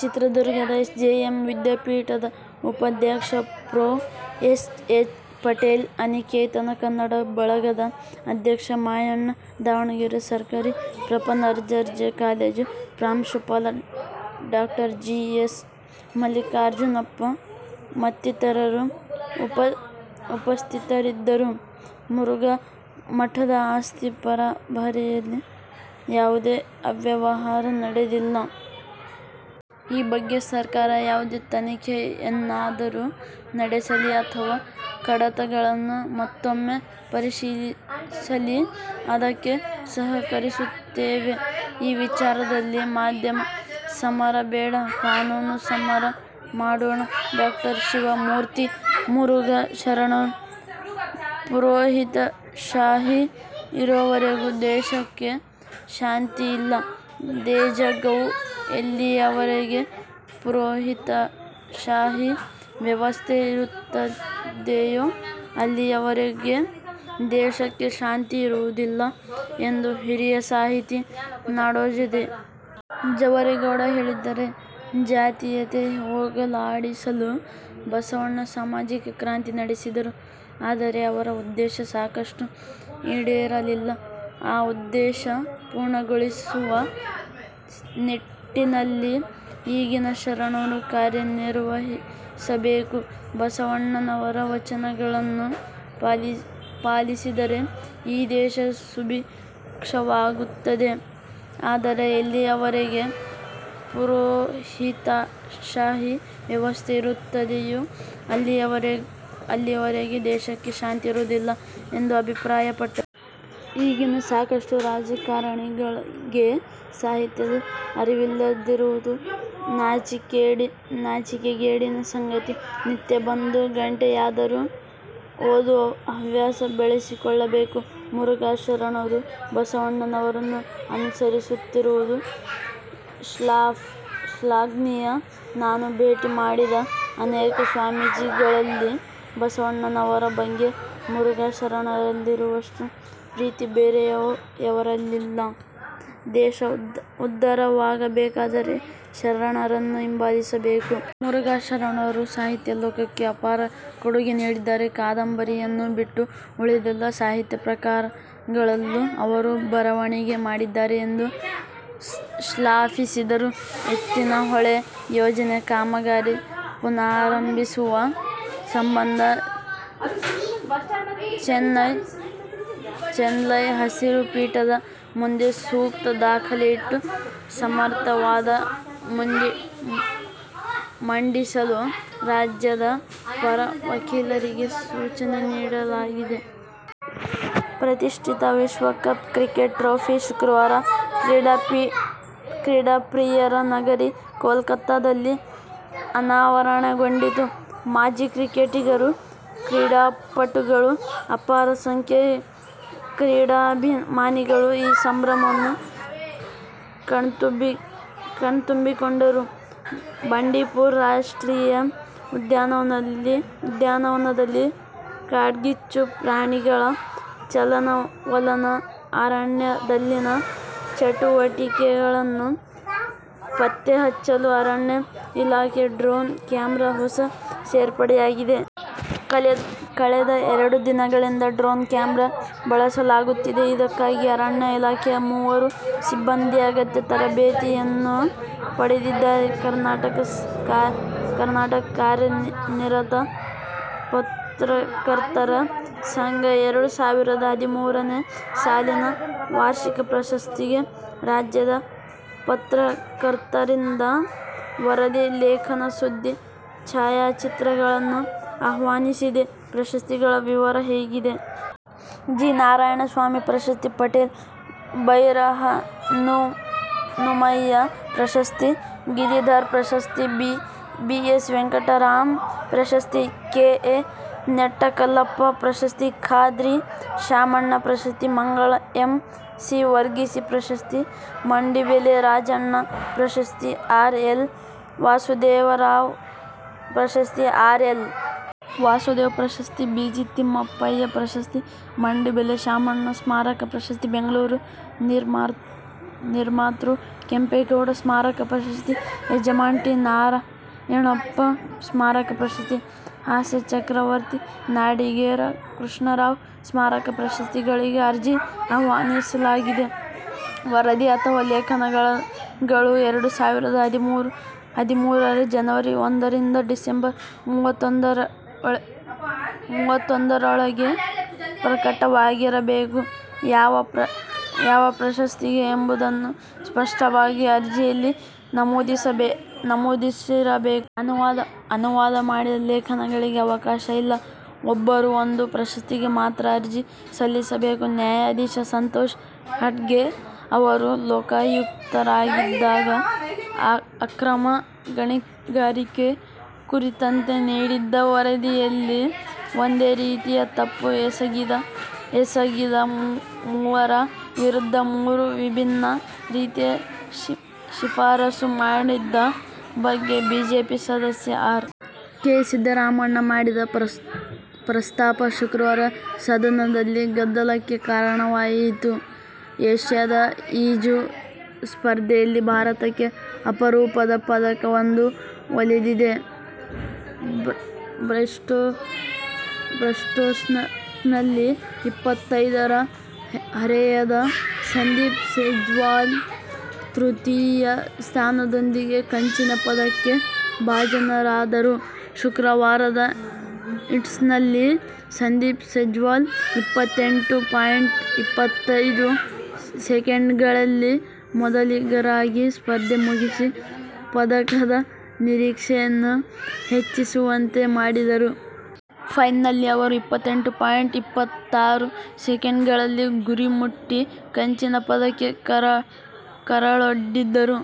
ಚಿತ್ರದುರ್ಗದ S. J. M. ವಿದ್ಯಾಪೀಠದ ಉಪಾಧ್ಯಕ್ಷ ಪ್ರೊ. ಎಸ್. ಎಚ್. ಪಟೇಲ್, ಅನಿಕೇತನ ಕನ್ನಡ ಬಳಗದ ಅಧ್ಯಕ್ಷ ಮಾಯಣ್ಣ, ದಾವಣಗೆರೆ ಸರ್ಕಾರಿ ಪ್ರಥಮದರ್ಜೆ ಕಾಲೇಜು ಪ್ರಾಂಶುಪಾಲ ಡಾ. ಜಿ. ಎಸ್. ಮಲ್ಲಿಕಾರ್ಜುನಪ್ಪ ಮತ್ತಿತರರು ಉಪಸ್ಥಿತರಿದ್ದರು. ಮುರುಘಾ ಮಠದ ಆಸ್ತಿ ಪರಭಾರೆಯಲ್ಲಿ ಯಾವುದೇ ಅವ್ಯವಹಾರ ನಡೆದಿಲ್ಲ. ಈ ಬಗ್ಗೆ ಸರ್ಕಾರ ಯಾವುದೇ ತನಿಖೆಯನ್ನಾದರೂ ನಡೆಸಲಿ. ಅಥವಾ ಕಡತಗಳನ್ನು ಮತ್ತೂಮ್ಮೆ ಪರಿಶೀಲಿಸಲಿ. ಅದಕ್ಕೆ ಸಹಕರಿಸುತ್ತೇವೆ. ಈ ವಿಚಾರದಲ್ಲಿ ಮಾಧ್ಯಮ ಸಮರ ಬೇಡ, ಕಾನೂನು ಸಮರ ಮಾಡೋಣ. ಡಾ. ಶಿವಮೂರ್ತಿ ಮುರಘಾ ಶರಣರು ಪುರೋಹಿತಶಾಹಿ ಇರೋವರೆಗೂ ದೇಶಕ್ಕೆ ಶಾಂತಿ ಇಲ್ಲ: ದೇಜಗೌ ಎಲ್ಲಿಯವರೆಗೆ ಪುರೋಹಿತಶಾಹಿ ವ್ಯವಸ್ಥೆ ಇರುತ್ತದೆಯೋ ಅಲ್ಲಿಯವರೆಗೆ ದೇಶಕ್ಕೆ ಶಾಂತಿ ಇರುವುದಿಲ್ಲ ಎಂದು ಹಿರಿಯ ಸಾಹಿತಿ ನಾಡೋಜ ದೇ. ಜವರೇಗೌಡ ಹೇಳಿದ್ದಾರೆ. ಜಾತೀಯತೆ ಹೋಗಲಾಡಿಸಲು ಬಸವಣ್ಣ ಸಾಮಾಜಿಕ ಕ್ರಾಂತಿ ನಡೆಸಿದರು. ಆದರೆ ಅವರ ಉದ್ದೇಶ ಸಾಕಷ್ಟು ಈಡೇರಲಿಲ್ಲ. ಆ ಉದ್ದೇಶ ಪೂರ್ಣಗೊಳಿಸುವ ನಿಟ್ಟಿನಲ್ಲಿ ಈಗಿನ ಶರಣರು ಕಾರ್ಯನಿರ್ವಹಿಸಬೇಕು. ಬಸವಣ್ಣನವರ ವಚನಗಳನ್ನು ಪಾಲಿಸಿದರೆ ಈ ದೇಶ ಸುಭಿಕ್ಷವಾಗುತ್ತದೆ. ಆದರೆ ಎಲ್ಲಿಯವರೆಗೆ ಪುರೋಹಿತಶಾಹಿ ವ್ಯವಸ್ಥೆ ಇರುತ್ತದೆಯೋ ಅಲ್ಲಿಯವರೆಗೆ ದೇಶಕ್ಕೆ ಶಾಂತಿ ಇರುವುದಿಲ್ಲ ಎಂದು ಅಭಿಪ್ರಾಯಪಟ್ಟರು. ಈಗಿನ ಸಾಕಷ್ಟು ರಾಜಕಾರಣಿಗಳಿಗೆ ಸಾಹಿತ್ಯದ ಅರಿವಿಲ್ಲದಿರುವುದು ನಾಚಿಕೆಗೇಡಿನ ಸಂಗತಿ. ನಿತ್ಯ ಒಂದು ಗಂಟೆಯಾದರೂ ಓದುವ ಹವ್ಯಾಸ ಬೆಳೆಸಿಕೊಳ್ಳಬೇಕು. ಮುರುಘಾ ಶರಣರು ಬಸವಣ್ಣನವರನ್ನು ಅನುಸರಿಸುತ್ತಿರುವುದು ಶ್ಲಾಘನೀಯ. ನಾನು ಭೇಟಿ ಮಾಡಿದ ಅನೇಕ ಸ್ವಾಮೀಜಿಗಳಲ್ಲಿ ಬಸವಣ್ಣನವರ ಬಗ್ಗೆ ಮುರುಘಾ ಶರಣರಲ್ಲಿರುವಷ್ಟು ಪ್ರೀತಿ ಬೇರೆಯವರಲ್ಲಿಲ್ಲ. ದೇಶ ಉದ್ಧಾರವಾಗಬೇಕಾದರೆ ಶರಣರನ್ನು ಹಿಂಬಾಲಿಸಬೇಕು. ಮುರುಘಾ ಶರಣರು ಸಾಹಿತ್ಯ ಲೋಕಕ್ಕೆ ಅಪಾರ ಕೊಡುಗೆ ನೀಡಿದ್ದಾರೆ. ಕಾದಂಬರಿಯನ್ನು ಬಿಟ್ಟು ಉಳಿದೆಲ್ಲಾ ಸಾಹಿತ್ಯ ಪ್ರಕಾರಗಳಲ್ಲೂ ಅವರು ಬರವಣಿಗೆ ಮಾಡಿದ್ದಾರೆ ಎಂದು ಶ್ಲಾಘಿಸಿದರು. ಎತ್ತಿನಹೊಳೆ ಯೋಜನೆ ಕಾಮಗಾರಿ ಪುನಾರಂಭಿಸುವ ಸಂಬಂಧ ಚೆನ್ನೈ ಹಸಿರು ಪೀಠದ ಮುಂದೆ ಸೂಕ್ತ ದಾಖಲೆ ಇಟ್ಟು ಸಮರ್ಥ ವಾದ ಮಂಡಿಸಲು ರಾಜ್ಯದ ಪರ ವಕೀಲರಿಗೆ ಸೂಚನೆ ನೀಡಲಾಗಿದೆ. ಪ್ರತಿಷ್ಠಿತ ವಿಶ್ವಕಪ್ ಕ್ರಿಕೆಟ್ ಟ್ರೋಫಿ ಶುಕ್ರವಾರ ಕ್ರೀಡಾಪ್ರಿಯರ ನಗರಿ ಕೋಲ್ಕತಾದಲ್ಲಿ ಅನಾವರಣಗೊಂಡಿತು. ಮಾಜಿ ಕ್ರಿಕೆಟಿಗರು, ಕ್ರೀಡಾಪಟುಗಳು, ಅಪಾರ ಸಂಖ್ಯೆಯ ಕ್ರೀಡಾಭಿಮಾನಿಗಳು ಈ ಸಂಭ್ರಮವನ್ನು ಕಣ್ತುಂಬಿಕೊಂಡರು. ಬಂಡೀಪುರ ರಾಷ್ಟ್ರೀಯ ಉದ್ಯಾನದಲ್ಲಿ ಕಾಡ್ಗಿಚ್ಚು, ಪ್ರಾಣಿಗಳ ಚಲನವಲನ, ಅರಣ್ಯದಲ್ಲಿನ ಚಟುವಟಿಕೆಗಳನ್ನು ಪತ್ತೆ ಹಚ್ಚಲು ಅರಣ್ಯ ಇಲಾಖೆ ಡ್ರೋನ್ ಕ್ಯಾಮರಾ ಹೊಸ ಸೇರ್ಪಡೆಯಾಗಿದೆ. ಕಳೆದ ಎರಡು ದಿನಗಳಿಂದ ಡ್ರೋನ್ ಕ್ಯಾಮರಾ ಬಳಸಲಾಗುತ್ತಿದೆ ಇದಕ್ಕಾಗಿ ಅರಣ್ಯ ಇಲಾಖೆಯ ಮೂವರು ಸಿಬ್ಬಂದಿ ಅಗತ್ಯ ತರಬೇತಿಯನ್ನೂ ಪಡೆದಿದ್ದಾರೆ. ಕರ್ನಾಟಕ ಕಾರ್ಯನಿರತ ಪತ್ರಕರ್ತರ ಸಂಘ ಎರಡು ಸಾವಿರದ ಹದಿಮೂರನೇ ಸಾಲಿನ ವಾರ್ಷಿಕ ಪ್ರಶಸ್ತಿಗೆ ರಾಜ್ಯದ ಪತ್ರಕರ್ತರಿಂದ ವರದಿ ಲೇಖನ ಸುದ್ದಿ ಛಾಯಾಚಿತ್ರಗಳನ್ನು ಆಹ್ವಾನಿಸಿದೆ ಪ್ರಶಸ್ತಿಗಳ ವಿವರ ಹೀಗಿದೆ. ಜಿ. ನಾರಾಯಣಸ್ವಾಮಿ ಪ್ರಶಸ್ತಿ, ಪಟೇಲ್ ಭೈರಹನುಮಯ್ಯ ಪ್ರಶಸ್ತಿ, ಗಿರಿಧರ್ ಪ್ರಶಸ್ತಿ, ಬಿ. ಎಸ್. ವೆಂಕಟರಾಂ ಪ್ರಶಸ್ತಿ, ಕೆ. ಎ. ನೆಟ್ಟಕಲ್ಲಪ್ಪ ಪ್ರಶಸ್ತಿ, ಖಾದ್ರಿ ಶಾಮಣ್ಣ ಪ್ರಶಸ್ತಿ, ಮಂಗಳ ಎಂ. ಸಿ. ವರ್ಗೀಸ್ ಪ್ರಶಸ್ತಿ, ಮಂಡಿಬೆಲೆ ರಾಜಣ್ಣ ಪ್ರಶಸ್ತಿ, ಆರ್. ಎಲ್. ವಾಸುದೇವರಾವ್ ಪ್ರಶಸ್ತಿ, ಆರ್. ಎಲ್. ವಾಸುದೇವರಾವ್ ಪ್ರಶಸ್ತಿ, ಬಿ. ಜಿ. ತಿಮ್ಮಪ್ಪಯ್ಯ ಪ್ರಶಸ್ತಿ, ಮಂಡಿಬೆಲೆ ಶಾಮಣ್ಣ ಸ್ಮಾರಕ ಪ್ರಶಸ್ತಿ, ಬೆಂಗಳೂರು ನಿರ್ಮಾತೃ ಕೆಂಪೇಗೌಡ ಸ್ಮಾರಕ ಪ್ರಶಸ್ತಿ, ಯಜಮಾನ್ ಟಿ. ನಾರಾಯಣಪ್ಪ ಸ್ಮಾರಕ ಪ್ರಶಸ್ತಿ, ಹಾಸ್ಯ ಚಕ್ರವರ್ತಿ ನಾಡಿಗೇರ ಕೃಷ್ಣರಾವ್ ಸ್ಮಾರಕ ಪ್ರಶಸ್ತಿಗಳಿಗೆ ಅರ್ಜಿ ಆಹ್ವಾನಿಸಲಾಗಿದೆ. ವರದಿ ಅಥವಾ ಲೇಖನಗಳು ಎರಡು ಸಾವಿರದ ಹದಿಮೂರರ ಜನವರಿ ಒಂದುರಿಂದ ಡಿಸಂಬರ್ ಮೂವತ್ತೊಂದರೊಳಗೆ ಪ್ರಕಟವಾಗಿರಬೇಕು ಯಾವ ಪ್ರಶಸ್ತಿಗೆ ಎಂಬುದನ್ನು ಸ್ಪಷ್ಟವಾಗಿ ಅರ್ಜಿಯಲ್ಲಿ ನಮೂದಿಸಿರಬೇಕು. ಅನುವಾದ ಮಾಡಿದ ಲೇಖನಗಳಿಗೆ ಅವಕಾಶ ಇಲ್ಲ. ಒಬ್ಬರು ಒಂದು ಪ್ರಶಸ್ತಿಗೆ ಮಾತ್ರ ಅರ್ಜಿ ಸಲ್ಲಿಸಬೇಕು. ನ್ಯಾಯಾಧೀಶ. ಸಂತೋಷ್ ಹೆಗ್ಡೆ ಅವರು ಲೋಕಾಯುಕ್ತರಾಗಿದ್ದಾಗ ಅಕ್ರಮ ಗಣಿಗಾರಿಕೆ ಕುರಿತಂತೆ ನೀಡಿದ್ದ ವರದಿಯಲ್ಲಿ ಒಂದೇ ರೀತಿಯ ತಪ್ಪು ಎಸಗಿದ ಮೂವರ ವಿರುದ್ಧ ಮೂರು ವಿಭಿನ್ನ ರೀತಿಯ ಶಿಫಾರಸು ಮಾಡಿದ್ದ ಬಗ್ಗೆ ಬಿಜೆಪಿ ಸದಸ್ಯ ಆರ್. ಕೆ. ಸಿದ್ದರಾಮಣ್ಣ ಮಾಡಿದ ಪ್ರಸ್ತಾಪ ಶುಕ್ರವಾರ ಸದನದಲ್ಲಿ ಗದ್ದಲಕ್ಕೆ ಕಾರಣವಾಯಿತು. ಏಷ್ಯಾಡ್ ಈಜು ಸ್ಪರ್ಧೆಯಲ್ಲಿ ಭಾರತಕ್ಕೆ ಅಪರೂಪದ ಪದಕವೊಂದು ಒಲಿದಿದೆ. ಬ್ರೆಸ್ಟ್ಸ್ಟ್ರೋಕ್ನಲ್ಲಿ ಇಪ್ಪತ್ತೈದರ ಹರೆಯದ ಸಂದೀಪ್ ಸೆಜ್ವಾಲ್ ತೃತೀಯ ಸ್ಥಾನದೊಂದಿಗೆ ಕಂಚಿನ ಪದಕಕ್ಕೆ ಭಾಜನರಾದರು ಶುಕ್ರವಾರದ ಹೀಟ್ಸ್ನಲ್ಲಿ ಸಂದೀಪ್ ಸೆಜ್ವಾಲ್ ಇಪ್ಪತ್ತೆಂಟು ಪಾಯಿಂಟ್ ಇಪ್ಪತ್ತೈದು ಸೆಕೆಂಡ್ಗಳಲ್ಲಿ ಮೊದಲಿಗರಾಗಿ ಸ್ಪರ್ಧೆ ಮುಗಿಸಿ ಪದಕದ ನಿರೀಕ್ಷೆಯನ್ನು ಹೆಚ್ಚಿಸುವಂತೆ ಮಾಡಿದ್ದರು. ಫೈನಲ್ನಲ್ಲಿ ಅವರು ಇಪ್ಪತ್ತೆಂಟು ಪಾಯಿಂಟ್ ಇಪ್ಪತ್ತಾರು ಸೆಕೆಂಡ್ಗಳಲ್ಲಿ ಗುರಿ ಮುಟ್ಟಿ ಕಂಚಿನ ಪದಕಕ್ಕೆ ಕೊರಳೊಡ್ಡಿದರು.